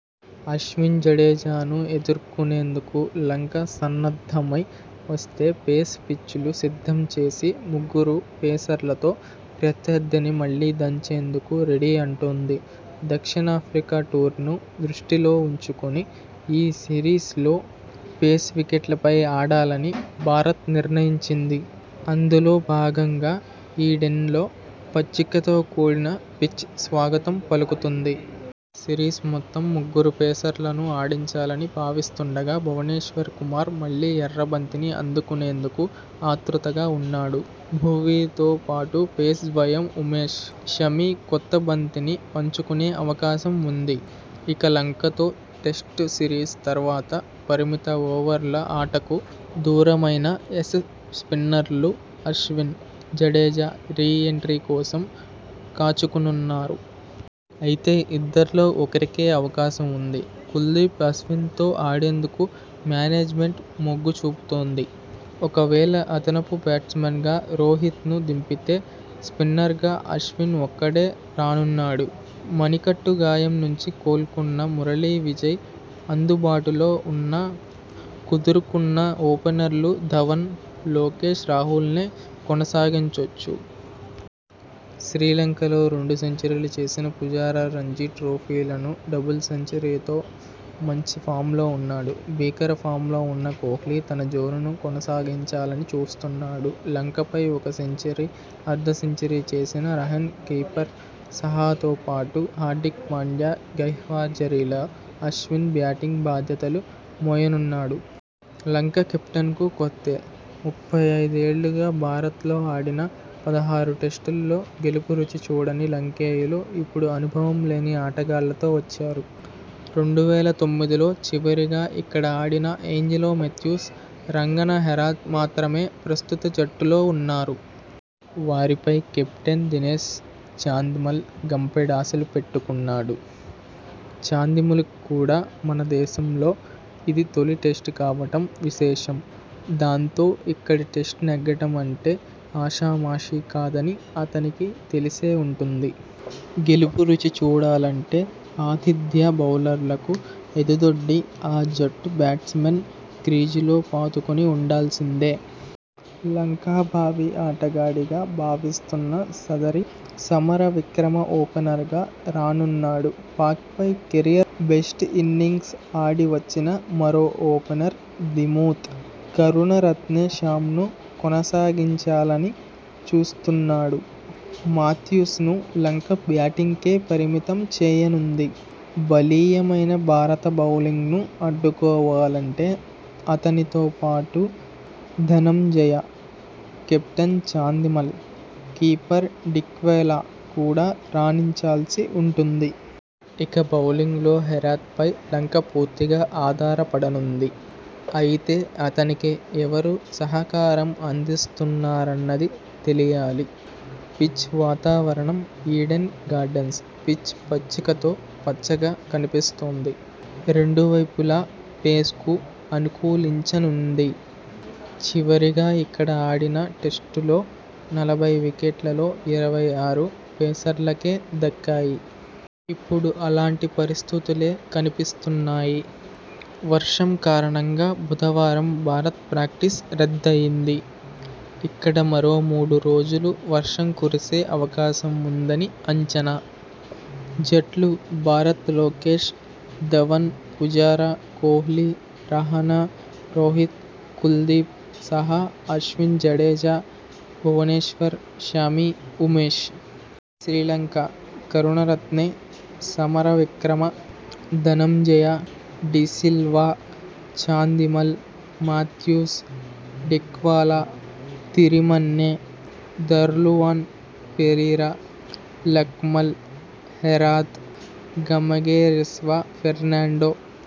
అశ్విన్, జడేజాను ఎదుర్కొ నేందుకు లంక సన్నద్ధమై వస్తే పేస్ పిచ్లు సిద్ధం చేసి, ముగ్గురు పేసర్లతో ప్రత్యర్థిని మళ్లీ దంచేందుకు రెడీ అంటోంది. దక్షిణాఫ్రికా టూర్ను దృష్టిలో ఉంచుకొని ఈ సిరీస్లో పేస్ వికెట్లపై ఆడాలని భారత్ నిర్ణయించింది. అందులో భాగంగా ఈడెన్లో పచ్చికతో కూడిన పిచ్ స్వాగతం పలుకుతోంది. సిరీస్ మొత్తం ముగ్గురు పేసర్లను ఆడించాలని భావిస్తుండగా భువనేశ్వర్ కుమార్ మళ్లీ ఎర్ర బంతిని అందుకునేందుకు ఆతృతగా ఉన్నాడు. భువీతో పాటు పేస్ ద్వయం ఉమేష్, షమి కొత్త బంతిని పంచుకునే అవకాశం ఉంది. ఇక, లంకతో టెస్టు సిరీస్ తర్వాత పరిమిత ఓవర్ల ఆటకు దూరమైన ఏస్ స్పిన్నర్లు అశ్విన్, జడేజా రీ ఎంట్రీ కోసం కాచుకున్నారు. అయితే, ఇద్దరిలో ఒకరికే అవకాశం ఉంది. కుల్దీప్, అశ్విన్తో ఆడేందుకు మేనేజ్మెంట్ మొగ్గు చూపుతోంది. ఒకవేళ అదనపు బ్యాట్స్మన్గా రోహిత్ను దింపితే స్పిన్నర్గా అశ్విన్ ఒక్కడే రానున్నాడు. మణికట్టు గాయం నుంచి కోలుకున్న మురళీ విజయ్ అందుబాటులో ఉన్నా కుదురుకున్న ఓపెనర్లు ధవన్, లోకేష్ రాహుల్నే కొనసాగించొచ్చు. శ్రీలంకలో రెండు సెంచరీ లు చేసిన పుజారా రంజీ ట్రోఫీలోనూ డబుల్ సెంచరీతో మంచి ఫామ్లో ఉన్నాడు. భీకర ఫామ్లో ఉన్న కోహ్లీ తన జోరును కొనసాగించాలని చూస్తున్నాడు. లంక పై ఒక సెంచ రీ, అర్ధ సెంచరీ చేసిన రహానె, కీపర్ సాహాతో పాటు హార్దిక్ పాండ్యా గైర్హాజరీలో అశ్విన్ బ్యాటింగ్ బాధ్యతలు మోయనున్నాడు. లంక కెప్టెన్కూ కొత్తే ముప్పై ఐదు ఏళ్లుగా భారత్లో ఆడిన పదహారు టెస్టుల్లో గెలుపు రుచి చూడని లంకేయులు ఇప్పుడు అనుభవం లేని ఆటగాళ్లతో వచ్చారు. రెండు వేల తొమ్మిదిలో చివరగా ఇక్కడ ఆడిన ఏంజెలో మాథ్యూ స్, రంగన హెరాత్ మాత్రమే ప్రస్తుత జట్టులోనూ ఉన్నారు. వారిపై కెప్టెన్ దినేశ్ చాందిమల్ గండపెడాశలు పెట్టుకున్నాడు. చాందిమల్కు కూడా మనదేశంలో ఇది తొలి టెస్టు కావడం విశేషం. దాంతో, ఇక్కడ టెస్టు నెగ్గడం అంటే ఆషామాషీ కాదని అతనికీ తెలిసే ఉంటుంది. గెలుపు రుచి చూడాలంటే ఆతిథ్య బౌలర్లకు ఎదుదొడ్డి ఆ జట్టు బ్యాట్స్మెన్ క్రీజులో పాతుకొని ఉండాల్సిందే. లంక భావి ఆటగాడిగా భావిస్తున్న సదీర సమరవిక్రమ ఓపెనర్గా రానున్నాడు పాక్పై కెరీర్ బెస్ట్ ఇన్నింగ్స్ ఆడి వచ్చిన మరో ఓపెనర్ దిమూత్ కరుణ రత్నె ఫామ్ను కొనసాగించాలని చూస్తున్నాడు. మాథ్యూస్ను లంక బ్యాటింగ్కే పరిమితం చేయనుంది. బలీయమైన భారత బౌలింగ్ను అడ్డు కోవాలంటే అతనితో పాటు ధనంజయ, కెప్టెన్ చాందిమల్, కీపర్ డిక్వెలా కూడా రాణించాల్సి ఉంటుంది. ఇక బౌలింగ్లో హెరాత్పై లంక పూర్తిగా ఆధారపడనుంది. అయితే, అతనికి ఎవరు సహకారం అందిస్తారన్నది తెలియాలి. పిచ్ వా తావరణం ఈడెన్ గార్డెన్స్ పిచ్ పచ్చికతో పచ్చగా కనిపిస్తోంది. రెండు వైపులా పేస్కు అనుకూలించనుంది. చివరగా ఇక్కడి ఆడిన టెస్టులో నలభై వికెట్లలో ఇరవై ఆరు పేసర్లకే దక్కాయి. ఇప్పుడూ అలాంటి పరిస్థితులే కనిపిస్తున్నాయి. వర్షం కారణంగా బుధవారం భారత ప్రాక్టీస్ రద్దయింది. ఇక్కడ మరో మూడు రోజులూ వర్షం కురిసే అవకాశం ఉందని అంచనా. జట్లు భారత్ లోకేశ్, ధవన్, పుజారా, కోహ్లీ, రహానె, రోహిత్ కుల్దీప్, సాహా, అశ్విన్ జడేజా, భువనేశ్వర్, షమి, ఉమేష్. Sri Lanka Karunaratne, Samarawickrama, Dhananjaya de Silva, Chandimal, Mathews, Dickwella, Thirimanne, Dilruwan Perera, Lakmal, Herath, Gamage Vishwa Fernando.